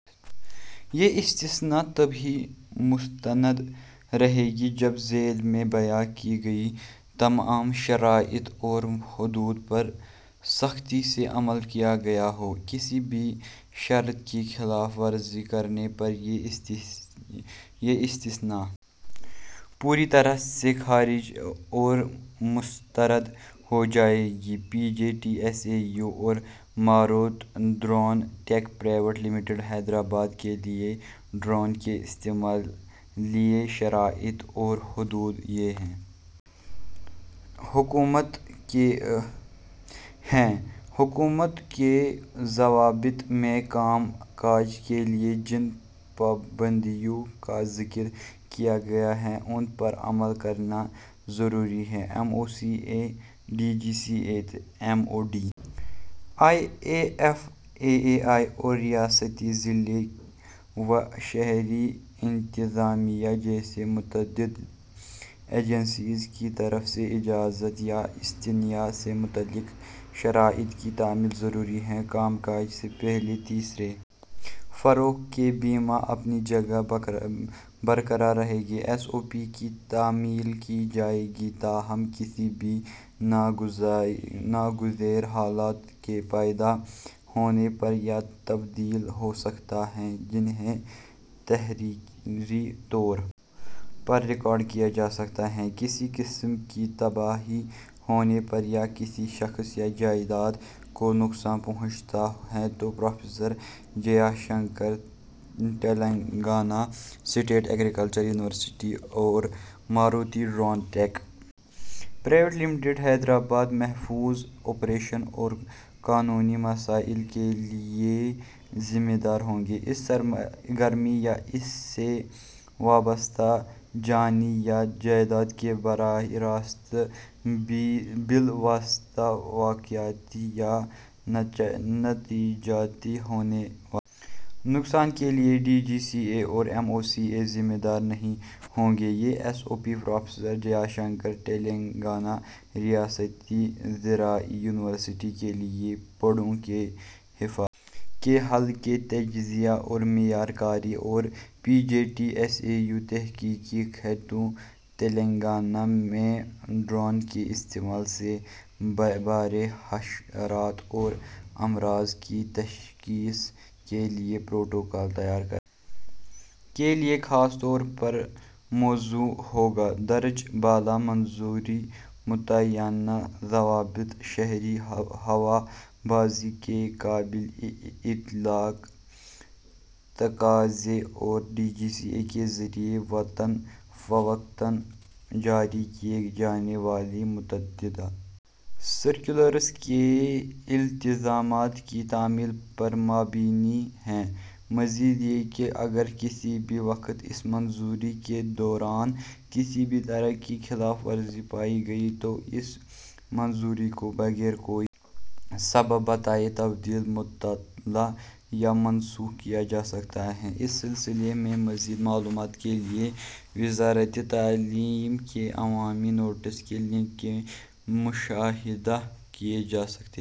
یہ استثنیٰ تبھی مستند رہے گا جب ذیل میں بیان کی گئی تمام شرائط اور حدود پر سختی سے عمل کیا گیا ہو کسی بھی شرط کی خلاف ورزی کرنے پر یہ استثنیٰ پوری طرح سے خارج اور مسترد ہو جائے گا P J T S A U اور Marut drone tech private limited Hyderabad کے لیے ڈرون کے استعمال کے لیے شرائط اور حدود یہ ہیں حکومت کے ضابطوں میں کام کاج کے لیے جن پابندیوں کا ذکر کیا گیا ہے ان پر عمل کرنا ضروری ہے M O C A D G C A M O D I A F A A I اور ریاستی ضلعی و شہری انتظامیہ جیسی متعدد ایجنسیوں کی طرف سے اجازت یا استثنیٰ سے متعلق شرائط کی تعمیل ضروری ہے کام کاج سے پہلے تیسرے فریق کا بیمہ اپنی جگہ برقرار رہے گا ایس او پی کی تعمیل کی جائے گی تاہم کسی بھی ناگزیر حالات کے پیدا ہونے پر یہ تبدیل ہو سکتے ہیں جنہیں تحریری طور پر ریکارڈ کیا جا سکتا ہے کسی قسم کی تباہی ہونے پر یا کسی شخص یا جائیداد کو نقصان پہنچتا ہے تو پروفیسر جے شنکر تلنگانہ ریاستی زرعی یونیورسٹی اور Marut drone tech private limited Hyderabad محفوظ آپریشن اور قانونی مسائل کے لیے ذمہ دار ہوں گے اس سرگرمی یا اس سے وابستہ جانی یا جائیداد کے براہ راست بالواسطہ واقعاتی یا نتیجے میں ہونے والے نقصان کے لیے ڈی جی سی اے اور ایم او سی اے ذمہ دار نہیں ہوں گے یہ S O P professor J Shankar Telangana ریاستی زرعی یونیورسٹی کے لیے پودوں کی حفاظت کے حل کے تجزیے اور معیار کاری اور P J T S A U تحقیقی کھیتوں تلنگانہ میں ڈرون کے استعمال سے بڑے حشرات اور امراض کی تشخیص کے لیے پروٹوکول تیار کرنے کے لیے خصوصی طور پر موزوں ہو گا درج بالا منظوری متعینہ ضوابط شہری ہوابازی کے قابل اطلاق تقاضے اور ڈی جی سی اے کے ذریعہ وقتاً فوقتاً جاری کیے جانے والے متعدد سرکلرز کے التزامات کی تعمیل پر مبنی ہے مزید یہ کہ اگر کسی بھی وقت اس منظوری کے دوران کسی بھی طرح کی خلاف ورزی پائی گئی تو اس منظوری کو بغیر کوئی سبب بتائے تبدیل معطل یا منسوخ کیا جا سکتا ہے اس سلسلے میں مزید معلومات کے لیے وزارتِ تعلیم کے عوامی نوٹس کے لنک کا مشاہدہ کیا جا سکتا ہے